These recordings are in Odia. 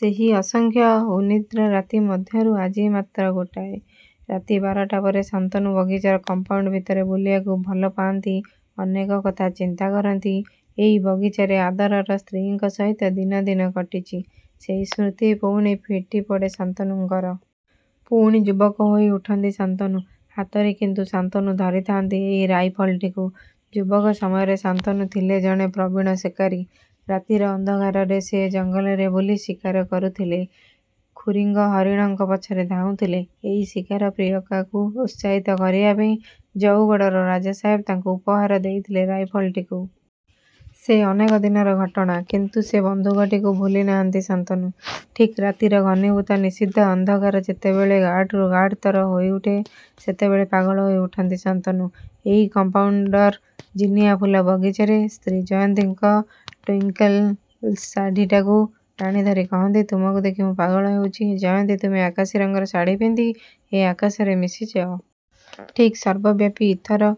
ସେହି ଅସଂଖ୍ୟ ଅନିଦ୍ରା ରାତି ମଧ୍ୟରୁ ଆଜି ମାତ୍ର ଗୋଟାଏ। ରାତି ବାରଟା ପରେ ଶାନ୍ତନୁ ବଗିଚା କମ୍ପାଉଣ୍ତ ଭିତରେ ବୁଲିବାକୁ ଭଲ ପାଆନ୍ତି। ଅନେକ କଥା ଚିନ୍ତା କରନ୍ତି। ଏଇ ବଗିଚାରେ ଆଦରର ସ୍ତ୍ରୀଙ୍କ ସହିତ ଦିନ ଦିନ କଟିଛି। ସେଇ ସ୍ମୃତି ପୁଣି ଫିଟିପଡ଼େ ଶାନ୍ତନୁଙ୍କର। ପୁଣି ଯୁବକ ହୋଇ ଉଠନ୍ତି ଶାନ୍ତନୁ। ହାତରେ କିନ୍ତୁ ଶାନ୍ତନୁ ଧରିଥାନ୍ତି ଏଇ ରାଇଫଲଟିକୁ। ଯୁବକ ସମୟରେ ଶାନ୍ତନୁ ଥିଲେ ଜଣେ ପ୍ରବୀଣ ଶିକାରୀ। ରାତିର ଅନ୍ଧକାରରେ ସିଏ ଜଙ୍ଗଲରେ ବୁଲି ଶିକାର କରୁଥିଲେ। ଖୁରିଙ୍ଗ ହରିଣଙ୍କ ପଛରେ ଧାଉଁଥିଲେ। ଏଇ ଶିକାର ପ୍ରିୟକାକୁ ଉତ୍ସାହିତ କରିବା ପାଇଁ ଜଉଗଡ଼ର ରାଜା ସାହେବ ତାଙ୍କୁ ଉପହାର ଦେଇଥିଲେ ରାଇଫଲଟିକୁ। ସେ ଅନେକ ଦିନର ଘଟଣା। କିନ୍ତୁ ସେ ବନ୍ଧୁକଟିକୁ ଭୁଲି ନାହାଁନ୍ତି ଶାନ୍ତନୁ। ଠିକ୍ ରାତିର ଘନୀଭୂତ ନିଷିଦ୍ଧ ଅନ୍ଧକାର ଯେବେଳେବେ ଗାଢ଼ରୁ ଗାଢ଼ତର ହୋଇଉଠେ ସେତେବେଳେ ପାଗଳ ହୋଇ ଉଠନ୍ତି ଶାନ୍ତନୁ। ଏଇ କମ୍ପାଉଣ୍ତର ଜିନିଆଁ ଫୁଲ ବଗିଚାରେ ସ୍ତ୍ରୀ ଜୟନ୍ତୀଙ୍କ ଟ୍ୱିଙ୍କଲ୍ ଶାଢ଼ିଟାକୁ ଟାଣିଧରି କହନ୍ତି ତୁମକୁ ଦେଖି ମୁଁ ପାଗଳ ହେଉଛି ଜୟନ୍ତୀ ତୁମେ ଆକାଶୀ ରଙ୍ଗର ଶାଢ଼ି ପିନ୍ଧି ଏ ଆକାଶରେ ମିଶିଯାଅ। ଠିକ୍ ସର୍ବବ୍ୟାପୀ ଇଥର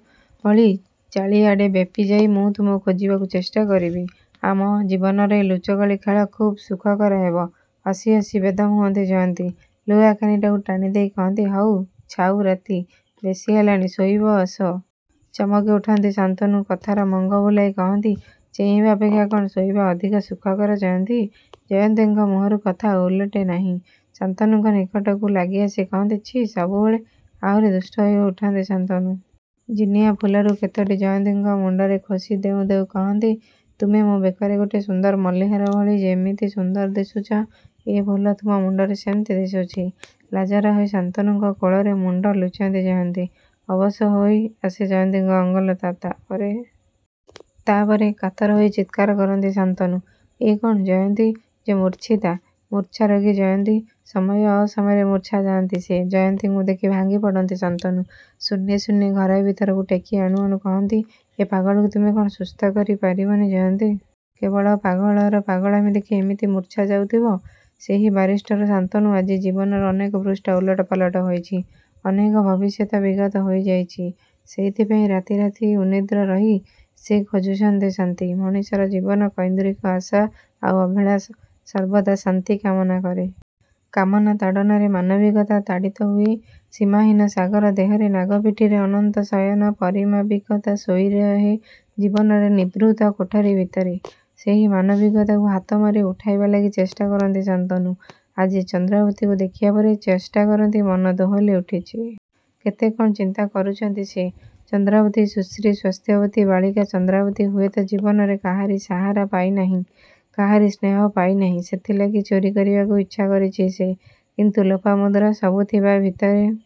ଭଳି ଚାଳିଆଡ଼େ ବ୍ୟାପୀଯାଇ ମୁଁ ତୁମକୁ ଖୋଜିବାକୁ ଚେଷ୍ଟା କରିବି। ଆମ ଜୀବନର ଏ ଲୁଚକାଳି ଖେଳ ଖୁବ୍ ସୁଖକର ହେବ। ହସି ହସି ବେଦମ୍ ହୁଅନ୍ତି ଜୟନ୍ତୀ ଲୁଗା କାନିଟାକୁ ଟାଣିଦେଇ କହନ୍ତି ହଉ ଛାଉ ରାତି ବେଶୀ ହେଲାଣି ଶୋଇବ ଆସ। ଚମକି ଉଠନ୍ତି ଶାନ୍ତନୁ କଥାର ମଙ୍ଗ ବୁଲାଇ କହନ୍ତି ଚେଇଁବା ଅପେକ୍ଷା କଣ ଶୋଇବା ଅଧିକ ସୁଖକର ଜୟନ୍ତୀ? ଜୟନ୍ତୀଙ୍କ ମୁହଁରୁ କଥା ଓଲଟେ ନାହିଁ। ଶାନ୍ତନୁଙ୍କ ନିକଟକୁ ଲାଗିଆସି କହନ୍ତି ଛି ସବୁ ବେଳେ ଆହୁରି ଦୁଷ୍ଟ ହୋଇ ଉଠନ୍ତି ଶାନ୍ତନୁ। ଜିନିଆଁ ଫୁଲରୁ କେତୋଟି ଜୟନ୍ତୀଙ୍କ ମୁଣ୍ତରେ ଖୋସି ଦେଉଁ ଦେଉଁ କହନ୍ତି ତୁମେ ମୋ ବେକରେ ଗୋଟେ ସୁନ୍ଦର ମଲ୍ଲିହାର ଭଳି ଯେମିତି ସୁନ୍ଦର ଦିଶୁଚ ଏ ଫୁଲ ତୁମ ମୁଣ୍ତରେ ସେମିତି ଦିଶୁଛି। ଲାଜରା ହୋଇ ଶାନ୍ତନୁଙ୍କ କୋଳରେ ମୁଣ୍ତ ଲୁଚାନ୍ତି ଜୟନ୍ତୀ। ଅବଶ ହୋଇ ଆସେ ଜୟନ୍ତୀଙ୍କ ଅଙ୍ଗଲତା ତାପରେ. ତାପରେ କାତର ହୋଇ ଚିତ୍କାର କରନ୍ତି ଶାନ୍ତନୁ। ଏ କଣ ଜୟନ୍ତୀ ଯେ ମୂର୍ଚ୍ଛିତା! ମୂର୍ଚ୍ଛା ରୋଗୀ ଜୟନ୍ତୀ। ସମୟ ଅସମୟରେ ମୂର୍ଚ୍ଛା ଯାଆନ୍ତି ସିଏ। ଜୟନ୍ତୀଙ୍କୁ ଦେଖି ଭାଙ୍ଗି ପଡ଼ନ୍ତି ଶାନ୍ତନୁ। ଶୂନ୍ୟେ ଶୂନ୍ୟେ ଘର ଭିତରକୁ ଟେକି ଆଣୁ ଆଣୁ କହନ୍ତି ଏ ପାଗଳକୁ ତୁମେ କଣ ସୁସ୍ଥ କରି ପାରିବନି ଜୟନ୍ତୀ? କେବଳ ପାଗଳର ପାଗଳାମୀ ଦେଖି ଏମିତି ମୂର୍ଚ୍ଛା ଯାଉଥିବ? ସେହି ବାରିଷ୍ଟର ଶାନ୍ତନୁ ଆଜି ଜୀବନର ଅନେକ ପୃଷ୍ଠା ଓଲଟ ପାଲଟ ହୋଇଛି। ଅନେକ ଭବିଷ୍ୟତ ବିଗତ ହୋଇଯାଇଛି। ସେଇଥିପାଇଁ ରାତି ରାତି ଅନିଦ୍ର ରହି ସେ ଖୋଜୁଛନ୍ତି ଶାନ୍ତି। ମଣିଷର ଜୀବନ କୈନ୍ଦ୍ରିକ ଆଶା ଆଉ ଅଭିଳାଷ ସର୍ବଦା ଶାନ୍ତି କାମନା କରେ। କାମନା ତାଡ଼ନାରେ ମାନବିକତା ତାଡ଼ିତ ହୁଏ। ସୀମାହୀନ ସାଗର ଦେହରେ ନାଗ ପିଠିରେ ଅନନ୍ତ ଶୟନ ପରିମାବିକତା ଶୋଇରହେ ଜୀବନରେ ନିଭୃତ କୋଠରୀ ଭିତରେ। ସେହି ମାନବିକତାକୁ ହାତମାରି ଉଠାଇବା ଲାଗି ଚେଷ୍ଟା କରନ୍ତି ଶାନ୍ତନୁ। ଆଜି ଚନ୍ଦ୍ରାବତୀକୁ ଦେଖିବା ପରେ ଚେଷ୍ଟା। କରନ୍ତି ମନ ଦୋହଲି ଉଠିଛି। କେତେ କଣ ଚିନ୍ତା କରୁଚନ୍ତି ସେ। ଚନ୍ଦ୍ରାବତୀ ସୁଶ୍ରୀ ସ୍ୱାସ୍ଥ୍ୟବତୀ ବାଳିକା ଚନ୍ଦ୍ରାବତୀ ହୁଏତ ଜୀବନରେ କାହାରି ସାହାରା ପାଇ ନାହିଁ କାହାରି ସ୍ନେହ ପାଇ ନାହିଁ ସେଥିଲାଗି ଚୋରୀ କରିବାକୁ ଛଚ୍ଛା କରିଛି ସେ କିନ୍ତୁ ଲୋପାମୁଦ୍ରା। ସବୁ ଥିବା ଭିତରେ